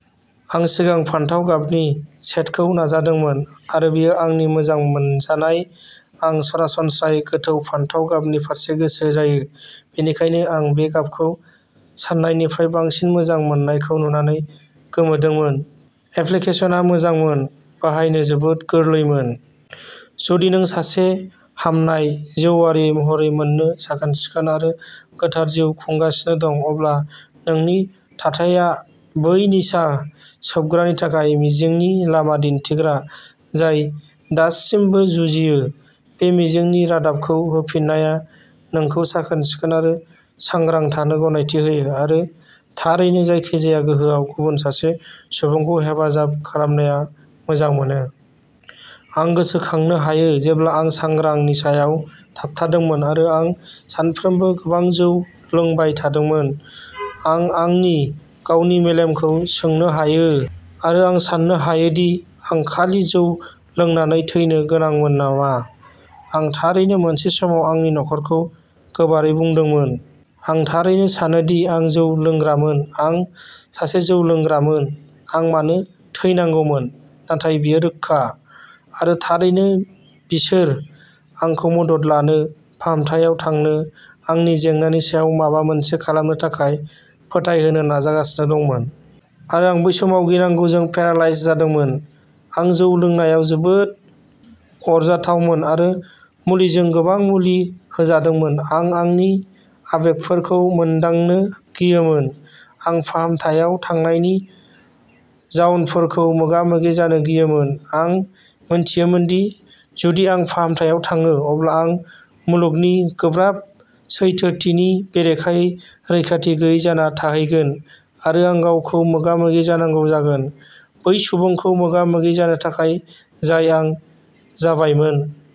आं सिगां फान्थाव गाबनि शेडखौ नाजादोंमोन आरो बेयो आंनि मोजां मोनजानाय। आं सरासनस्रायै गोथौ फान्थाव गाबनि फारसे गोसो जायो, बेनिखायनो आं बे गाबखौ सान्नायनिफ्राय बांसिन मोजां मोननायखौ नुनानै गोमोदोंमोन। एप्लिकेशनआ मोजांमोन, बाहायनो जोबोद गोरलैमोन। जुदि नों सासे हामनाय जौआरि महरै मोनसे साखोन-सिखोन आरो गोथार जिउ खुंगासिनो दं, अब्ला नोंनि थाथाया बै निसा सोबग्रानि थाखाय मिजिंनि लामा दिन्थिग्रा जाय दासिमबो जुजियो। बे मिजिंनि रादाबखौ होफिन्नाया नोंखौ साखोन-सिखोन आरो सांग्रां थानो गनायथि होयो, आरो थारैनो जायखिजाया गोहोआव गुबुन सासे सुबुंखौ हेफाजाब खालामनाया मोजां मोनो। आं गोसोखांनो हायो जेब्ला आं सांग्रां निसायाव थाबथादोंमोन आरो आं सानफ्रोमबो गोबां जौ लोंबाय थादोंमोन। आं आंनि गावनि मेलेमखौ सोंनो हायो, आरो साननो हायो दि आं खालि जौ लोंनानै थैनो गोनांमोन नामा। आं थारैनो मोनसे समाव आंनि नखरखौ गोबारै बुंदोंमोन। "आं थारैनो सानोदि आं जौ लोंग्रामोन। आं सासे जौ लोंग्रामोन। आं मानो थैनांगौमोन, नाथाय बेयो रोखा। " आरो थारैनो बिसोरो आंखौ मदद लानो, फाहामथायाव थांनो, आंनि जेंनानि सायाव माबा मोनसे खालामनो थाखाय फोथायहोनो नाजागासिनो दंमोन। आरो बै समाव आं गिनांगौजों पेरालाइज जादोंमोन। आं जौ लोंनायाव जोबोद आरजाथावमोन आरो मुलिजों गोबां मुलि होजादोंमोन। आं आंनि आबेगफोरखौ मोनदांनो गियोमोन, आं फाहामथायाव थांनायनि जाउनफोरखौ मोगा-मोगि जानो गियोमोन। आं मिथियोमोनदि जुदि आं फाहामथायाव थाङो अब्ला आं मुलुगनि गोब्राब सैथोथिनि बेरेखायै रैखाथि गैयै जाना थाहैगोन, आरो आं गावखौ मोगा-मोगि जानांगौ जागोन; बै सुबुंखौ मोगा-मोगि जानो थाखाय जाय आं जाबायमोन।